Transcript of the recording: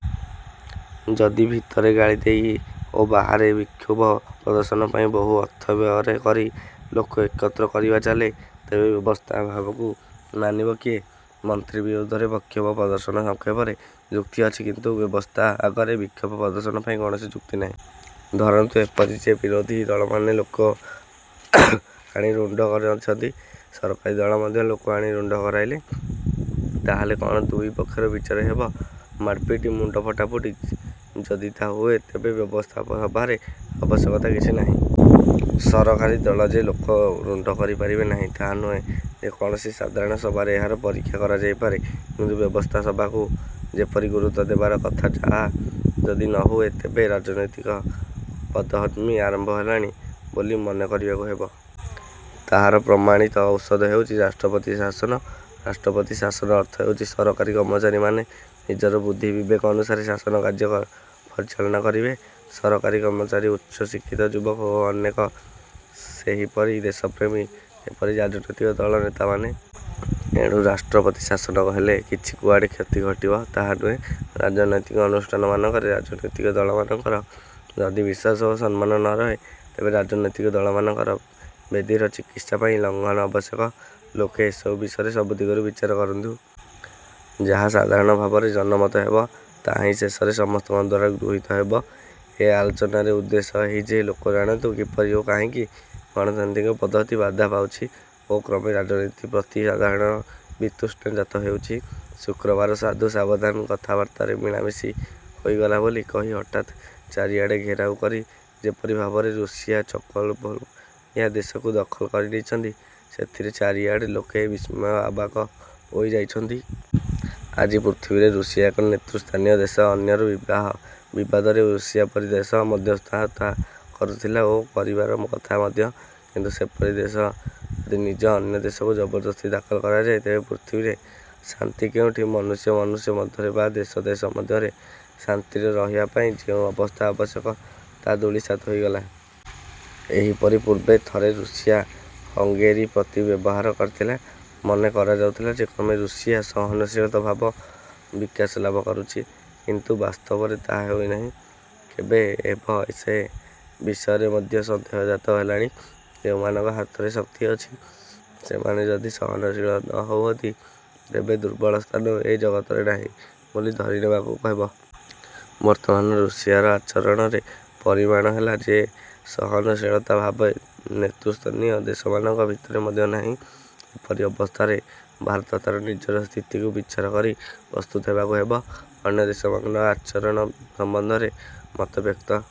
ଯଦି ଭିତରେ ଗାଳି ଦିଆଦେଇ ଓ ବାହାରେ ବିକ୍ଷୋଭ ପ୍ରଦର୍ଶନ ପାଇଁ ବହୁ ଅର୍ଥ ବ୍ୟୟକରି ଲୋକ ଏକତ୍ର କରିବା ଚାଲେ, ତେବେ ବ୍ୟବସ୍ଥାସଭାକୁ ମାନିବ କିଏ? ମନ୍ତ୍ରୀଙ୍କ ବିରୋଧରେ ବିକ୍ଷୋଭ ପ୍ରଦର୍ଶନ ସପକ୍ଷରେ ଯୁକ୍ତି ଅଛି; କିନ୍ତୁ ବ୍ୟବସ୍ଥାସଭା ଆଗରେ ବିକ୍ଷୋଭ ପ୍ରଦର୍ଶନ ପାଇଁ କୌଣସି ଯୁକ୍ତି ନାହିଁ। ଧରନ୍ତୁ ଏପରି ହେଲା ଯେ ବିରୋଧୀ ଦଳମାନେ ଲୋକ ଆଣି ରୁଣ୍ଡ କରାଇଛନ୍ତି। ସରକାରୀ ଦଳ ମଧ୍ୟ ଲୋକ ଆଣି ରୁଣ୍ଡ କରାଇଲେ। ତାହାହେଲେ କଅଣ ଦୁଇ ପକ୍ଷର ବିଚାର ହେବ ମାଡ଼ପିଟାପିଟି, ମୁଣ୍ଡ ଫଟାଫଟିରେ? ଯଦି ତାହା ହୁଏ, ତେବେ ବ୍ୟବସ୍ଥାସଭାର ଆବଶ୍ୟକତା କିଛି ନାହିଁ। ସରକାରୀ ଦଳ ଯେ ଲୋକ ରୁଣ୍ଡ କରିପାରିବେ ନାହିଁ ତାହା ନୁହେଁ। ଯେ କୌଣସି ସାଧାରଣ ସଭାରେ ଏହାର ପରୀକ୍ଷା କରାଯାଇ ପାରେ; କିନ୍ତୁ ବ୍ୟବସ୍ଥାସଭାକୁ ଯେପରି ଗୁରୁତ୍ୱ ଦେବାର କଥା ତାହା ଯଦି ନହୁଏ, ତେବେ ରାଜନୈତିକ ବଦ୍ହଜମି ଆରମ୍ଭ ହେଲାଣି ବୋଲି ମନେ କରିବାକୁ ହେବ। ତାହାର ପ୍ରମାଣିତ ଔଷଧ ହେଉଛି ରାଷ୍ଟ୍ରପତି ଶାସନ। ରାଷ୍ଟ୍ରପତି ଶାସନର ଅର୍ଥ ହେଉଛି ସରକାରୀ କର୍ମଚାରୀମାନେ ନିଜର ବୁଦ୍ଧି ବିବେକ ଅନୁସାରେ ଶାସନ କାର୍ଯ୍ୟ ପରିଚାଳନା କରିବେ। ସରକାରୀ କର୍ମଚାରୀମାନେ ଉଚ୍ଚ ଶିକ୍ଷିତ ଯୁବକ ଓ ଅନେକ ସେହିପରି ଦେଶପ୍ରେମୀ ଯେପରି ରାଜନୈତିକ ଦଳର ନେତାମାନେ। ଏଣୁ ରାଷ୍ଟ୍ରପତି ଶାସନ ହେଲେ କିଛି କୁଆଡ଼େ କ୍ଷତି ଘଟିବ, ତାହା ନୁହେଁ। ରାଜନୈତିକ ଅନୁଷ୍ଠାନମାନଙ୍କରେ ରାଜନୈତିକ ଦଳମାନଙ୍କର ଯଦି ବିଶ୍ୱାସ ଓ ସମ୍ମାନ ନରହେ, ତେବେ ରାଜନୈତିକ ଦଳମାନଙ୍କର ବ୍ୟାଧିର ଚିକିତ୍ସା ପାଇଁ ଲଂଘନ ଆବଶ୍ୟକ। ଲୋକେ ଏସବୁ ବିଷୟ ସବୁ ଦିଗରୁ ବିଚାର କରନ୍ତୁ। ଯାହା ସାଧାରଣ ଭାବରେ ଜନମତ ହେବ, ତାହା ହିଁ ଶେଷରେ ସମସ୍ତଙ୍କଦ୍ୱାରା ଗୃହୀତ ହେବ। ଏ ଆଲୋଚନାର ଉଦ୍ଦେଶ୍ୟ ଏହି ଯେ ଲୋକ ଜାଣନ୍ତୁ କିପରି ଓ କାହିଁକି ଗଣତାନ୍ତ୍ରିକ ପଦ୍ଧତି ବାଧାପାଉଛି ଓ କ୍ରମେ ରାଜନୀତି ପ୍ରତି ସାଧାରଣ ବିତୃଷ୍ଣା ଜାତହେଉଛି। ଶୁକ୍ରବାର ସାଧୁ ସାବଧାନ କଥାବାର୍ତ୍ତାରେ ମିଳାମିଶା ହୋଇଗଲା ବୋଲି କହି ହଠାତ୍ ଚାରିଆଡ଼େ ଘେରାଉ କରି ଯେପରି ଭାବରେ ରୁଷିଆ ଚେକୋସ୍ଲୋଭାକିଆ ଦେଶକୁ ଦଖଲ କରିନେଇଛି, ସେଥିରେ ଚାରିଆଡ଼େ ଲୋକେ ବିସ୍ମୟରେ ଅବାକ ହୋଇ ଯାଇଛନ୍ତି। ଆଜି ପୃଥିବୀରେ ରୁଷିଆ ଏକ ନେତୃ ସ୍ଥାନୀୟ ଦେଶ। ଅନ୍ୟର ବିବାଦରେ ରୁଷିଆ ପରି ଦେଶ ମଧ୍ୟସ୍ଥତା କରୁଥିଲା ଓ କରିବାର କଥା ମଧ୍ୟ; କିନ୍ତୁ ସେପରି ଦେଶ ଯଦି ନିଜେ ଅନ୍ୟ ଦେଶକୁ ଜବରଦସ୍ତି ଦଖଲ କରିଯାଏ, ତେବେ ପୃଥିବୀରେ ଶାନ୍ତି କେଉଁଠି। ମନୁଷ୍ୟ ମନୁଷ୍ୟ ମଧ୍ୟରେ ବା ଦେଶ ଦେଶ ମଧ୍ୟରେ ଶାନ୍ତିରେ ରହିବାପାଇଁ ଯେଉଁ ଅବସ୍ଥା ଆବଶ୍ୟକ ତାହା ଧୂଳିସାତ ହୋଇଗଲା। ଏହିପରି ପୂର୍ବେ ଥରେ ରୁଷିଆ ହଙ୍ଗେରି ପ୍ରତି ବ୍ୟବହାର କରିଥିଲା। ମନେ କରାଯାଉଥିଲା, କ୍ରମେ ରୁଷିଆରେ ସହନଶୀଳତାର ଭାବ ବିକାଶ ଲାଭ କରୁଛି; କିନ୍ତୁ ବାସ୍ତବରେ ତାହା ହୋଇନାହିଁ। କେବେ ହେବ ସେ ବିଷୟରେ ମଧ୍ୟ ସନ୍ଦେହଜାତ ହେଲାଣି। ଯେଉଁମାନଙ୍କ ହାତରେ ଶକ୍ତି ଅଛି, ସେମାନେ ଯଦି ସହନଶୀଳ ନ ହୁଅନ୍ତି, ତେବେ ଦୁର୍ବଳର ସ୍ଥାନ ଏ ଜଗତରେ ନାହିଁ ବୋଲି ଧରିନେବାକୁ ହେବ। ବର୍ତ୍ତମାନ ରୁଷିଆର ଆଚରଣରେ ପ୍ରମାଣିତ ହେଲା ଯେ ସହନଶୀଳତାର ଭାବ ନେତୃସ୍ଥାନୀୟ ଦେଶମାନଙ୍କ ଭିତରେ ମଧ୍ୟ ନାହିଁ। ଏପରି ଅବସ୍ଥାରେ ଭାରତ ତା'ର ନିଜର ସ୍ଥିତିକୁ ବିଚାରକରି ପ୍ରସ୍ତୁତ ହେବାକୁ ହେବ। ଅନ୍ୟ ଦେଶମାନଙ୍କର ଆଚରଣ ସମ୍ବନ୍ଧରେ ମତବ୍ୟକ୍ତ